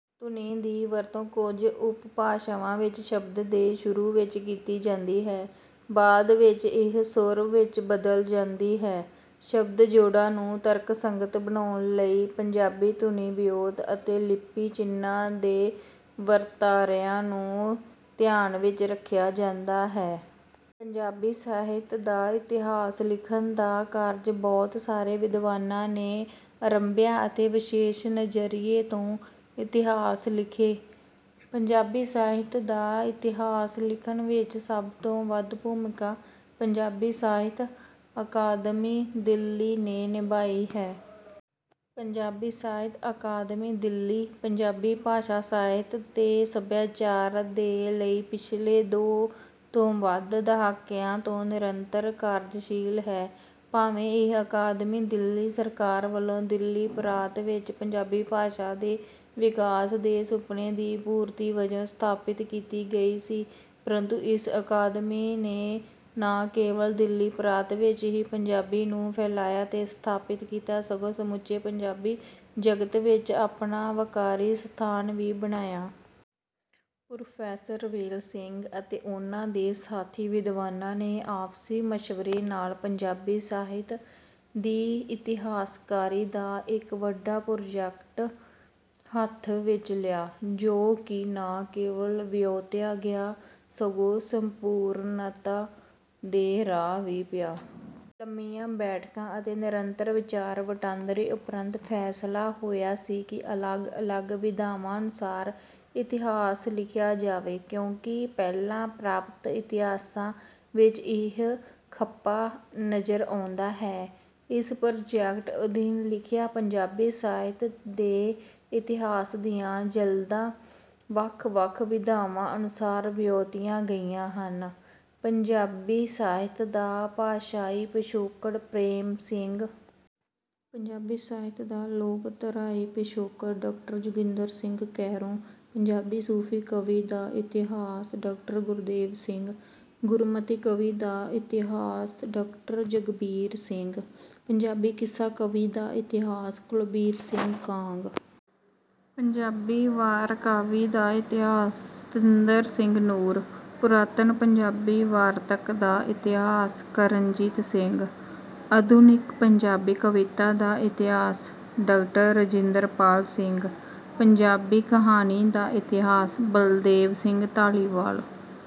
ਧੁਨੀ ਦੀ ਵਰਤੋਂ ਕੁਝ ਉਪਭਾਸ਼ਾਵਾਂ ਵਿੱਚ ਸ਼ਬਦ ਦੇ ਸ਼ੁਰੂ ਵਿੱਚ ਕੀਤੀ ਜਾਂਦੀ ਹੈ। ਬਾਅਦ ਵਿੱਚ ਇਹ ਸੁਰ ਵਿੱਚ ਬਦਲ ਜਾਂਦੀ ਹੈ। ਸ਼ਬਦ-ਜੋੜਾਂ ਨੂੰ ਤਰਕਸੰਗਤ ਬਣਾਉਣ ਲਈ ਪੰਜਾਬੀ ਧੁਨੀ-ਵਿਉਂਤ ਅਤੇ ਲਿਪੀ ਚਿੰਨ੍ਹਾਂ ਦੇ ਵਰਤਾਰਿਆਂ ਨੂੰ ਧਿਆਨ ਵਿੱਚ ਰੱਖਿਆ ਜਾਂਦਾ ਹੈ। ਪੰਜਾਬੀ ਸਾਹਿਤ ਦਾ ਇਤਿਹਾਸ ਲਿਖਣ ਦਾ ਕਾਰਜ ਬਹੁਤ ਸਾਰੇ ਵਿਦਵਾਨਾਂ ਨੇ ਆਰੰਭਿਆ ਅਤੇ ਵਿਸ਼ੇਸ਼ ਨਜ਼ਰੀਏ ਤੋਂ ਇਤਿਹਾਸ ਲਿਖੇ। ਪੰਜਾਬੀ ਸਾਹਿਤ ਦਾ ਇਤਿਹਾਸ ਲਿਖਣ ਵਿੱਚ ਸਭ ਤੋਂ ਵੱਧ ਭੂਮਿਕਾ ਪੰਜਾਬੀ ਸਾਹਿਤ ਅਕਾਦਮੀ, ਦਿੱਲੀ ਨੇ ਨਿਭਾਈ ਹੈ। ਪੰਜਾਬੀ ਸਾਹਿਤ ਅਕਾਦਮੀ, ਦਿੱਲੀ, ਪੰਜਾਬੀ ਭਾਸ਼ਾ, ਸਾਹਿਤ ਤੇ ਸੱਭਿਆਚਾਰ ਦੇ ਲਈ ਪਿਛਲੇ ਦੋ ਤੋਂ ਵੱਧ ਦਹਾਕਿਆਂ ਤੋਂ ਨਿਰੰਤਰ ਕਾਰਜਸ਼ੀਲ ਹੈ। ਭਾਵੇਂ ਇਹ ਅਕਾਦਮੀ ਦਿੱਲੀ ਸਰਕਾਰ ਵੱਲੋਂ ਦਿੱਲੀ ਪ੍ਰਾਂਤ ਵਿੱਚ ਪੰਜਾਬੀ ਭਾਸ਼ਾ ਦੇ ਵਿਕਾਸ ਦੇ ਸੁਪਨੇ ਦੀ ਪੂਰਤੀ ਵਜੋਂ ਸਥਾਪਿਤ ਕੀਤੀ ਗਈ ਸੀ, ਪਰੰਤੂ ਇਸ ਅਕਾਦਮੀ ਨੇ ਨਾ ਕੇਵਲ ਦਿੱਲੀ ਪ੍ਰਾਂਤ ਵਿੱਚ ਹੀ ਪੰਜਾਬੀ ਨੂੰ ਫੈਲਾਇਆ ਤੇ ਸਥਾਪਿਤ ਕੀਤਾ, ਸਗੋਂ ਸਮੁੱਚੇ ਪੰਜਾਬੀ ਜਗਤ ਵਿੱਚ ਆਪਣਾ ਵਕਾਰੀ ਸਥਾਨ ਵੀ ਬਣਾਇਆ। ਪ੍ਰੋਫ਼ੈਸਰ ਰਵੇਲ ਸਿੰਘ ਅਤੇ ਉਹਨਾਂ ਦੇ ਸਾਥੀ ਵਿਦਵਾਨਾਂ ਨੇ ਆਪਸੀ ਮਸ਼ਵਰੇ ਨਾਲ ਪੰਜਾਬੀ ਸਾਹਿਤ ਦੀ ਇਤਿਹਾਸਕਾਰੀ ਦਾ ਇੱਕ ਵੱਡਾ ਪ੍ਰੋਜੈਕਟ ਹੱਥ ਵਿੱਚ ਲਿਆ, ਜੋ ਕਿ ਨਾ ਕੇਵਲ ਵਿਉਂਤਿਆ ਗਿਆ, ਸਗੋਂ ਸੰਪੂਰਨਤਾ ਦੇ ਰਾਹ ਵੀ ਪਿਆ। ਲੰਮੀਆਂ ਬੈਠਕਾਂ ਅਤੇ ਨਿਰੰਤਰ ਵਿਚਾਰ-ਵਟਾਂਦਰੇ ਉਪਰੰਤ ਫ਼ੈਸਲਾ ਹੋਇਆ ਸੀ ਕਿ ਅਲੱਗ-ਅਲੱਗ ਵਿਧਾਵਾਂ ਅਨੁਸਾਰ ਇਤਿਹਾਸ ਲਿਖਿਆ ਜਾਵੇ, ਕਿਉਂਕਿ ਪਹਿਲਾਂ ਪ੍ਰਾਪਤ ਇਤਿਹਾਸਾਂ ਵਿੱਚ ਇਹ ਖੱਪਾ ਨਜ਼ਰ ਆਉਂਦਾ ਹੈ। ਇਸ ਪ੍ਰੋਜੈਕਟ ਅਧੀਨ ਲਿਖੀਆਂ ਪੰਜਾਬੀ ਸਾਹਿਤ ਦੇ ਇਤਿਹਾਸ ਦੀਆਂ ਜਿਲਦਾਂ ਵੱਖ-ਵੱਖ ਵਿਧਾਵਾਂ ਅਨੁਸਾਰ ਵਿਉਂਤੀਆਂ ਗਈਆਂ ਹਨ: ਪੰਜਾਬੀ ਸਾਹਿਤ ਦਾ ਭਾਸ਼ਾਈ ਪਿਛੋਕੜ-- ਪ੍ਰੇਮ ਸਿੰਘ। ਪੰਜਾਬੀ ਸਾਹਿਤ ਦਾ ਲੋਕਧਾਰਾਈ ਪਿਛੋਕੜ -- ਡਾਕਟਰ ਜੋਗਿੰਦਰ ਸਿੰਘ ਕੈਰੋਂ। ਪੰਜਾਬੀ ਸੂਫ਼ੀ ਕਾਵਿ ਦਾ ਇਤਿਹਾਸ — ਡਾਕਟਰ. ਗੁਰਦੇਵ ਸਿੰਘ। ਗੁਰਮਤਿ ਕਾਵਿ ਦਾ ਇਤਿਹਾਸ -ਡਾਕਟਰ. ਜਗਬੀਰ ਸਿੰਘ। ਪੰਜਾਬੀ ਕਿੱਸਾ ਕਾਵਿ ਦਾ ਇਤਿਹਾਸ — ਕੁਲਬੀਰ ਸਿੰਘ ਕਾਂਗ। ਪੰਜਾਬੀ ਵਾਰ ਕਾਵਿ ਦਾ ਇਤਿਹਾਸ — ਸਤਿੰਦਰ ਸਿੰਘ ਨੂਰ। ਪੁਰਾਤਨ ਪੰਜਾਬੀ ਵਾਰਤਕ ਦਾ ਇਤਿਹਾਸ — ਕਰਨਜੀਤ ਸਿੰਘ। ਆਧੁਨਿਕ ਪੰਜਾਬੀ ਕਵਿਤਾ ਦਾ ਇਤਿਹਾਸ — ਡਾਕਟਰ. ਰਾਜਿੰਦਰ ਪਾਲ ਸਿੰਘ। ਪੰਜਾਬੀ ਕਹਾਣੀ ਦਾ ਇਤਿਹਾਸ — ਬਲਦੇਵ ਸਿੰਘ ਧਾਲੀਵਾਲ।